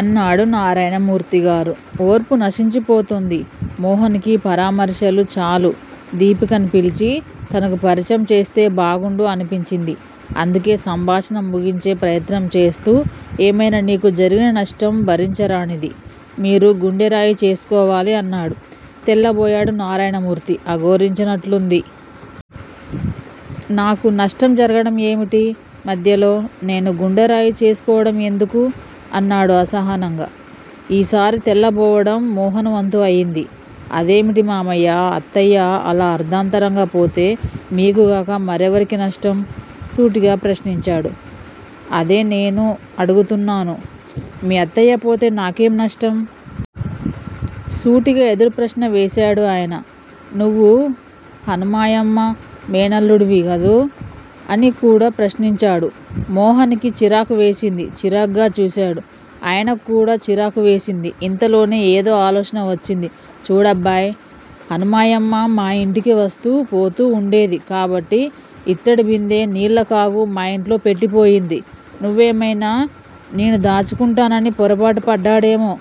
అన్నాడు నారాయణమూర్తి గారు. ఓర్పు నశించిపోతోంది మోహన్ కి పరామర్శలు చాలు దీపికని పిల్చి తనకు పరిచయం చేస్తే బాగుండు అనిపించింది. అందుకే సంభాషణ ముగించే ప్రయత్నం చేస్తూ ఏమైనా నీకు జరిగిన నష్టం భరించరానిది మీరు గుండె రాయి చేసుకోవాలి అన్నాడు. తెల్లబోయాడు నారాయణమూర్తి అఘోరించినట్లు ఉంది. నాకు నష్టం జరగడం ఏమిటి మధ్యలో? నేను గుండెరాయి చేసుకోడం ఎందుకూ? అన్నాడు అసహనంగా. ఈసారి తెల్లబోవడం మోహన్ వంతు అయింది. అదేమిటి మామయ్యా అత్తయ్య అలా అర్ధాంతరంగా పోతే మీకు గాక మరెవరికి నష్టం? సూటిగా ప్రశ్నించాడు. అదే నేనూ అడుగుతున్నాను. మీ అత్తయ్య పోతే నాకేం నష్టం? సూటిగా ఎదురు ప్రశ్న వేశాడు ఆయన. నువ్వు హనుమాయమ్మ మేనల్లుడివి కదూ! అని కూడా ప్రశ్నించాడు. మోహన్ కి చిరాకు వేసింది చిరాగ్గా చూశాడు ఆయనక్కూడా చిరాకు వేసింది. ఇంతలోనే ఏదో ఆలోచన వచ్చింది. చూడబ్బాయ్ హనుమాయమ్మా మా యింటికి వస్తూ పోతూ ఉండేది కాబట్టి యిత్తడి బిందే నీళ్ళకాగూ మా ఇంట్లో పెట్టిపోయింది నువ్వేమైనా నేను దాచుకుంటానని పొరబాటు పడ్డాడేమో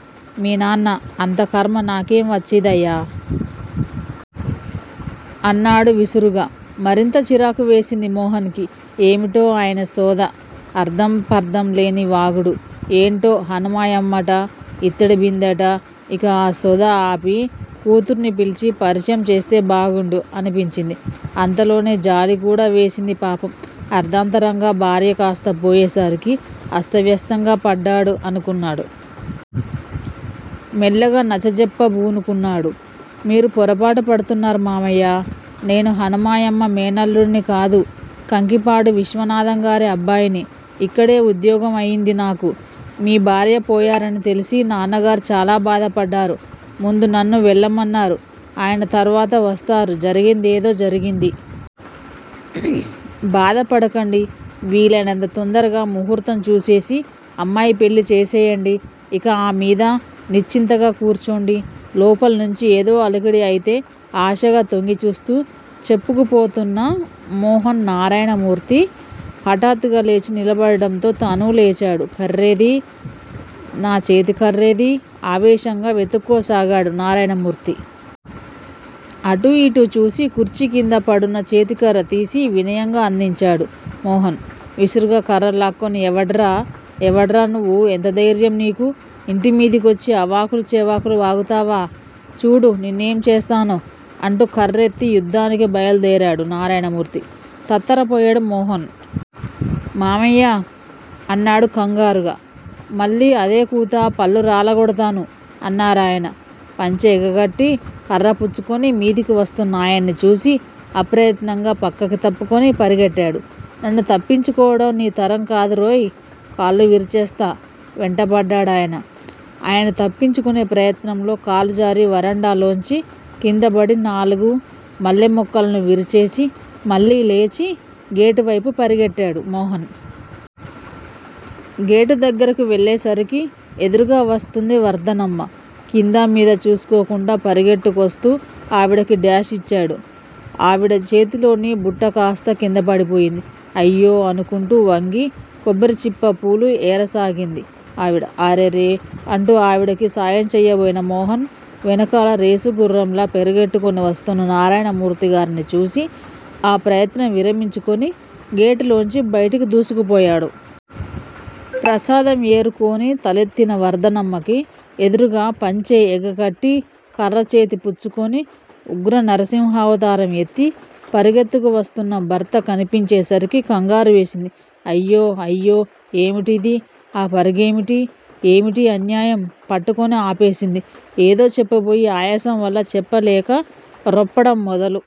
మీ నాన్నా అంత ఖర్మ నాకేం వచ్చిదయ్యా! అన్నాడు విసురుగా. మరింత చిరాకువేసింది మోహన్ కి. ఏమిటో ఆయనసోద అర్ధం పర్ధంలేని వాగుడు. ఏంటో హనుమాయమ్మట. యిత్తడి బిందెట యిక ఆ సోద ఆపి కూతుర్ని పిలిచి పరిచయం చేస్తే బాగుండు అనిపించింది. అంతలోనే జాలి కూడా వేసింది పాపం అర్ధంతరంగా భార్య కాస్తా పోయే సరికి అస్తవ్యస్తంగా పడ్డాడు అనుకున్నాడు. మెల్లిగా నచ్చచెప్పబూనుకున్నాడు. మీరు పొరబాటు పడుతున్నారు మామయ్యా నేను హనుమాయమ్మ మేనల్లుడిని కాదు కంకిపాడు విశ్వనాధంగారి అబ్బాయిని యిక్కడే ఉద్యోగం అయింది నాకు. మీ భార్య పోయారని తెలిసి నాన్నగారు చాలా బాధపడ్డారు. ముందు నన్ను వెళ్ళమన్నారు ఆయన తర్వాత వస్తారు జరిగింది ఏదో జరిగింది. బాధపడకండి వీలైనంత తొందరగా ముహూర్తం చూసేసి అమ్మాయి పెళ్ళి చేసెయ్యండి. యిక ఆ మీద నిశ్చింతగా కూర్చోండి లోపలినుంచి ఏదో అలికిడి అయితే ఆశగా తొంగి చూస్తూ చెప్పుకుపోతున్న మోహన్ నారాయణమూర్తి హఠాత్తుగా లేచి నిలబడటంతో తనూ లేచాడు. కర్రేది? నా చేతికర్రేది? ఆవేశంగా వెతుక్కోసాగాడు నారాయణమూర్తి. అటూ యిటూ చూసి కుర్చీకింద పడున్న చేతికర్ర తీసి వినయంగా అందించాడు మోహన్. విసురుగా కర్ర లాక్కుని ఎవడ్రా? ఎవడ్రా నువ్వు ఎంతధైర్యం నీకు? ఇంటి మీదికొచ్చి ఆవాకులూ చెవాకులూ వాగుతావా? చూడు నిన్నేం చేస్తానో! అంటూ కర్రెత్తి యుద్ధానికి బయలుదేరాడు నారాయణమూర్తి. తత్తరపోయాడు మోహన్. మామయ్యా! అన్నాడు కంగారుగా. మళ్ళీ అదే కూత పళ్ళు రాలగోడతాను అన్నారాయన. పంచె ఎగగట్టి కర్ర పుచ్చుకుని మీదికి వస్తున్న ఆయన్ని చూసి అప్రయత్నంగా పక్కకి తప్పుకుని పరిగెట్టాడు. నన్ను తప్పించుకోవడం నీ తరం కాదురోయ్ కాళ్ళు విరిచేస్తా! వెంటపడ్డాయన. ఆయన్ని తప్పించుకునే ప్రయత్నంలో కాలుజారి వరండాలోంచి కిందపడి నాలుగు మల్లెమొక్కలను విరిచేసి మళ్ళీ లేచి గేటువైపు పరిగెట్టాడు మోహన్. గేటు దగ్గరకు వెళ్ళేసరికి ఎదురుగా వస్తుంది వర్ధనమ్మ. కిందా మీదా చూసుకోకుండా పరిగెట్టుకొస్తూ ఆవిడకి డాష్ ఇచ్చాడు. ఆవిడ చేతిలోని బుట్టకాస్తా కిందపడిపోయింది. అయ్యో అనుకుంటూ వంగి కొబ్బరిచిప్ప పూలు ఏరసాగింది ఆవిడ. అరెరె అంటూ ఆవిడకి సాయం చెయ్యబోయిన మోహన్ వెనకాల రేసుగుర్రంలా పరిగెట్టుకుని వస్తున్న నారాయణమూర్తిగారిని చూసి ఆ ప్రయత్నం విరమించుకుని గేటులోంచి బయటికి దూసుకుపోయాడు. ప్రసాదం ఏరుకుని తలెత్తిన వర్ధనమ్మకి ఎదురుగా పంచె ఎగగట్టి కర్ర చేతి పుచ్చుకుని ఉగ్రనరసింహావతారం ఎత్తి పరిగెత్తుకువస్తున్న భర్త కనిపించేసరికి కంగారు వేసింది. అయ్యో! అయ్యో! ఏమిటిది? ఆ పరుగేమిటి? ఏమిటీ అన్యాయం? పట్టుకుని ఆపేసింది. ఏదో చెప్పబోయి ఆయాసం వల్ల చెప్పలేక రొప్పడం మొదలు